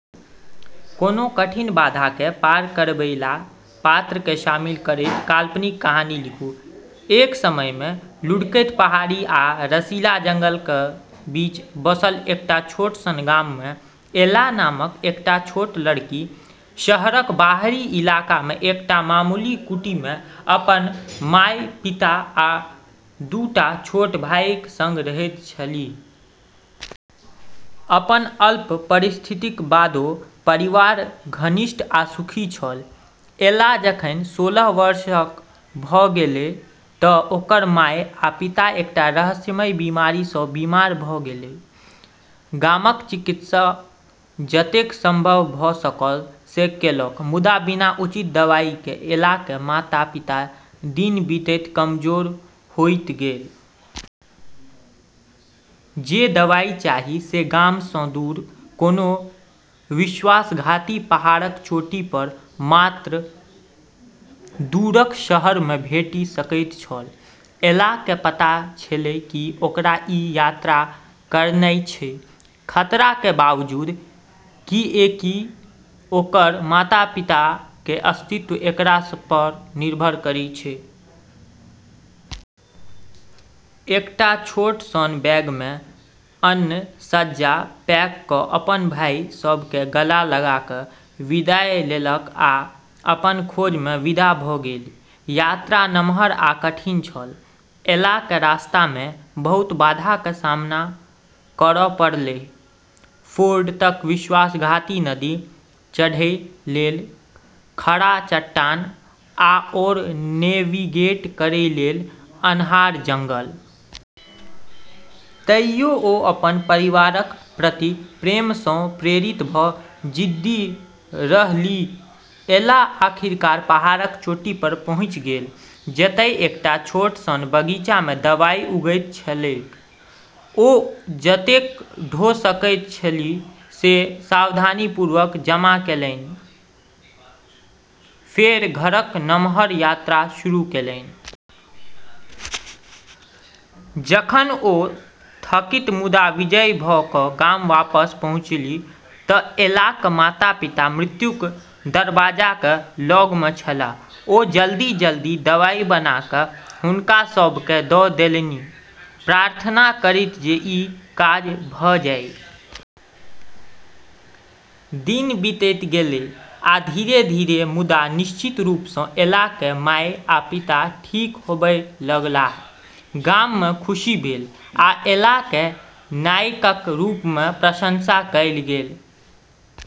कोनो कठिन बाधाके पार करैबला पात्रके शामिल करैत काल्पनिक कहानी लिखू । एक समयमे लुढ़कैत पहाड़ी आ रसीला जंगलक बीच बसल एकटा छोट सन गाममे एला नामक एकटा छोट लड़की, शहरक बाहरी इलाकामे एकटा मामूली कुटीमे अपन माय, पिता आ दू टा छोट भाइक सङ्ग रहैत छलीह । अपन अल्प परिस्थितिक बादो परिवार घनिष्ठ आ सुखी छल। एला जखन सोलह वर्षक भ' गेलै त' ओकर माय आ पिता एकटा रहस्यमयी बीमारी सँ बीमार भ' गेलै। गामक चिकित्सक जतेक संभव भ' सकल से केलक, मुदा बिना उचित दवाइके एलाके माता-पिता दिन बीतैत कमजोर होइत गेल । जे दवाइ चाही से गामसँ दूर, कोनो विश्वासघाती पहाड़क चोटी पर मात्र दूरक शहरमे भेटि सकैत छल। एलाके पता छलै कि ओकरा ई यात्रा करनाइ छै, खतराके बावजूद, किएकि ओकर माता-पिताके अस्तित्व एकरा पर निर्भर करै छै। एकटा छोट सन बैगमे अन्न-सज्जा पैक क' अपन भाइ सभकेँ गला लगा क' विदाई लेलक आ अपन खोजमे विदा भ' गेलि। यात्रा नमहर आ कठिन छल। एलाके रस्तामे बहुत बाधाके सामना करऽ पड़लै: फोर्ड तक विश्वासघाती नदी, चढ़ै लेल खड़ा चट्टान, आओर नेविगेट करै लेल अन्हार जंगल । तइयो ओ अपन परिवारक प्रति प्रेमसँ प्रेरित भऽ जिद्दी रहलीह। एला आखिरकार पहाड़क चोटी पर पहुँचि गेल, जतय एकटा छोट सन बगीचामे दवाई उगैत छलैक। ओ जतेक ढो सकैत छलीह से सावधानीपूर्वक जमा केलनि, फेर घरक नमहर यात्रा शुरू केलनि। जखन ओ थकित मुदा विजयी भ' क' गाम वापस पहुँचलीह त' एला'क माता-पिता मृत्युक दरबज्जाक लग मे छलाह । ओ जलदी - जलदी दवाइ बना क' हुनका सभकेँ द' देलनि, प्रार्थना करैत जे ई काज भ' जाइ । दिन बीतैत गेलै, आ धीरे-धीरे मुदा निश्चित रूपसँ एलाके माय आ पिता ठीक होबय लगलाह। गाममे खुशी भेल, आ एलाकेँ नायकक रूपमे प्रशंसा कयल गेल।